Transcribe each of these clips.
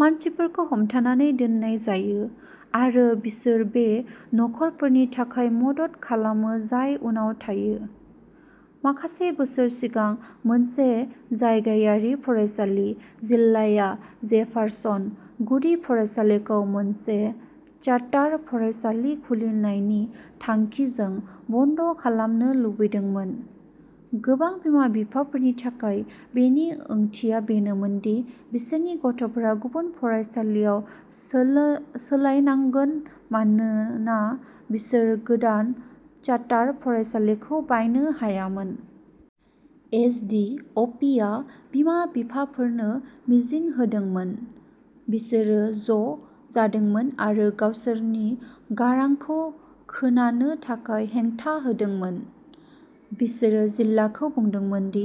मानसिफोरखौ हमथानानै दोननाय जायो आरो बिसोर बै नखरफोरनि थाखाय मदद खालामो जाय उनाव थायो। माखासे बोसोर सिगां मोनसे जायगायारि फरायसालि जिल्लाया जेफारसन गुदि फरायसालिखौ मोनसे चार्टार फरायसालि खुलिनायनि थांखिजों बन्द खालामनो लुबैदोंमोन। गोबां बिमा बिफाफोरनि थाखाय बेनि ओंथिया बेनोमोन दि बिसोरनि गथ'फोरा गुबुन फरायसालियाव सोलायनांगोन मानोना बिसोर गोदान चार्टार फरायसालिखौ बायनो हायामोन। एस डि अ पि आ बिमा बिफाफोरनो मिजिं होदोंमोन। बिसोरो ज' जादोंमोन आरो गावसोरनि गारांखौ खोनानो थाखाय हेंथा होदोंमोन। बिसोरो जिल्लाखौ बुंदोंमोन दि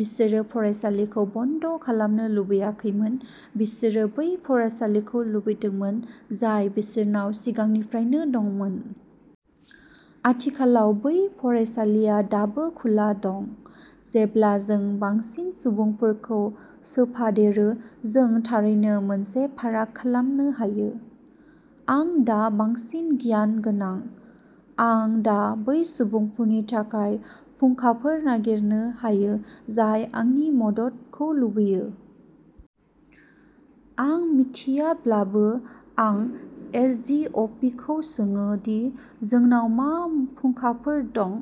बिसोरो फरायसालिखौ बन्द खालामनो लुबैयाखैमोन बिसोरो बै फरायसालिखौ लुबैदोंमोन जाय बिसोरनाव सिगांनिफ्रायनो दंमोन। आथिखालाव बै फरायसालिआ दाबो खुला दं। जेब्ला जों बांसिन सुबुंफोरखौ सोफादेरो जों थारैनो मोनसे फाराग खालामनो हायो। आं दा बांसिन गियान गोनां। आं दा बै सुबुंफोरनि थाखाय फुंखाफोर नागिरनो हायो जाय आंनि मददखौ लुबैयो। आं मिथियाब्लाबो आं एस डि अ पि खौ सोङो दि जोंनाव मा फुंखाफोर दं।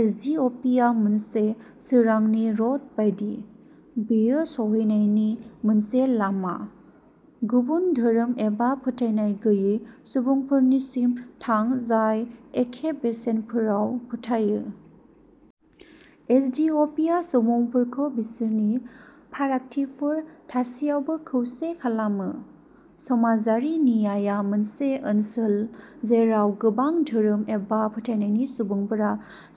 एस डि अ पि आ मोनसे सोरांनि रड बायदि। बेयो सौहैनायनि मोनसे लामा। गुबुन धोरोम एबा फोथायनाय गैयै सुबुंफोरनिसिम थां जाय एखे बेसेनफोराव फोथायो। एस डि अ पि आ सुबुंफोरखौ बिसोरनि फारागथिफोर थासेयावबो खौसे खालामो। समाजारि न्यायआ मोनसे ओनसोल जेराव गोबां धोरोम एबा फोथायनायनि सुबुंफोरा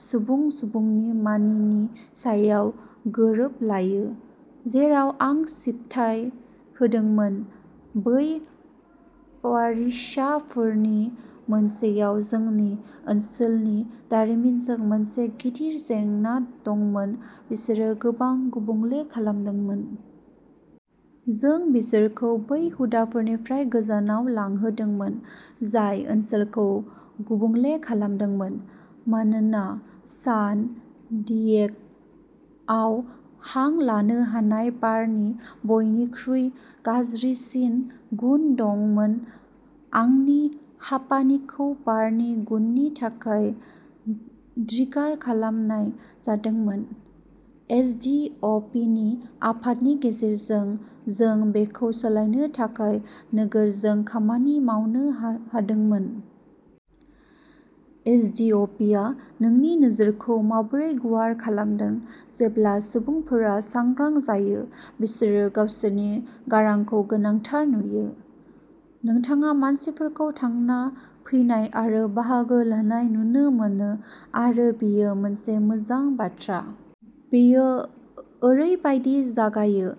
सुबुं सुबुंनि माननि सायाव गोरोबलायो। जेराव आं सिबिथाय होदोंमोन बै पेरिशफोरनि मोनसेयाव जोंनि ओनसोलनि दारिमिनजों मोनसे गिदिर जेंना दंमोन बिसोरो गोबां गुबुंले खालामदोंमोन। जों बिसोरखौ बै हुदाफोरनिफ्राय गोजानाव लांहोदोंमोन जाय ओनसोलखौ गुबुंले खालामदोंमोन मानोना सान डियेग'आव हां लानो हानाय बारनि बयनिख्रुइ गाज्रिसिन गुन दंमोन आंनि हापानिखौ बारनि गुननि थाखाय ट्रिगार खालामनाय जादोंमोन। एस डि अ पि नि आफादनि गेजेरजों जों बेखौ सोलायनो थाखाय नोगोरजों खामानि मावनो हादोंमोन। एस डि अ पि आ नोंनि नोजोरखौ माबोरै गुवार खालामदों जेब्ला सुबुंफोरा सांग्रां जायो बिसोरो गावसोरनि गारांखौ गोनांथार नुयो। नोंथाङा मानसिफोरखौ थांना फैनाय आरो बाहागो लानाय नुनो मोनो आरो बेयो मोनसे मोजां बाथ्रा। बेयो ओरैबायदि जागायो।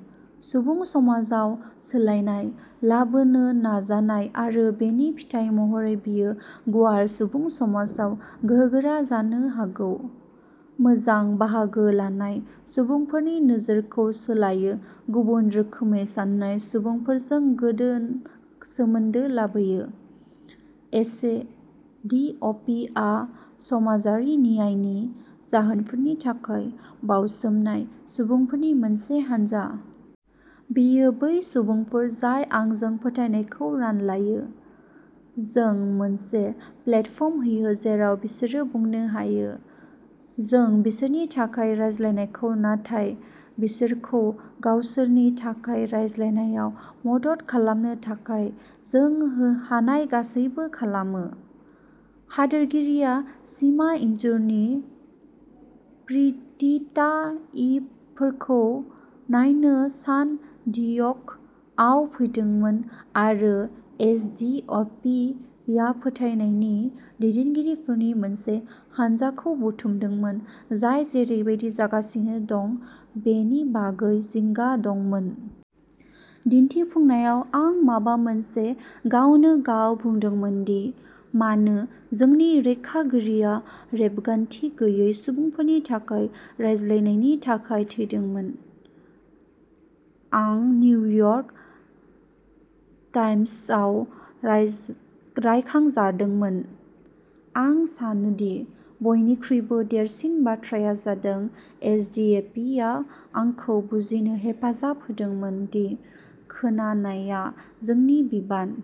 सुबुं समाजाव सोलायनाय लाबोनो नाजानाय आरो बेनि फिथाय महरै बेयो गुवार सुबुं समाजाव गोहोगोरा जानो हागौ। मोजां बाहागो लानाया सुबुंफोरनि नोजोरखौ सोलायो गुबुन रोखोमै सान्नाय सुबुंफोरजों गोदान सोमोन्दो लाबोयो। एस डि अ पि आ समाजारि न्यायनि जाहोनफोरनि थाखाय बावसोमनाय सुबुंफोरनि मोनसे हानजा। बेयो बै सुबुंफोर जाय आंजों फोथायनायखौ रानलायो। जों मोनसे प्लेटफर्म होयो जेराव बिसोरो बुंनो हायो। जों बिसोरनि थाखाय रायज्लायाखै नाथाय बिसोरखौ गावसोरनि थाखाय रायज्लायनायाव मदद खालामनो थाखाय जों हानाय गासैबो खालामो। हादोरगिरिया सिमा इनजुरनि प्रोटोटाइपफोरखौ नायनो सान डियेग'आव फैदोंमोन आरो एस डि अ पि आ फोथायनायनि दैदेनगिरिफोरनि मोनसे हानजाखौ बुथुमदोंमोन जाय जेरै बायदि जागासिनो दं बेनि बागै जिंगा दंमोन। दिन्थिफुंनायाव आं माबा मोनसे गावनो गाव बुंदोंमोन दि मानो जोंनि रैखागिरिया रेबगान्थि गैयै सुबुंफोरनि थाखाय रायज्लायनायनि थाखाय थैदोंमोन। आं निउयर्क टाइम्सआव रायखांजादोंमोन। आं सानोदि बयनिख्रुइबो देरसिन बाथ्राया जादों एस डि अ पि आ आंखौ बुजिनो हेफाजाब होदोंमोन दि खोनानाया जोंनि बिबान।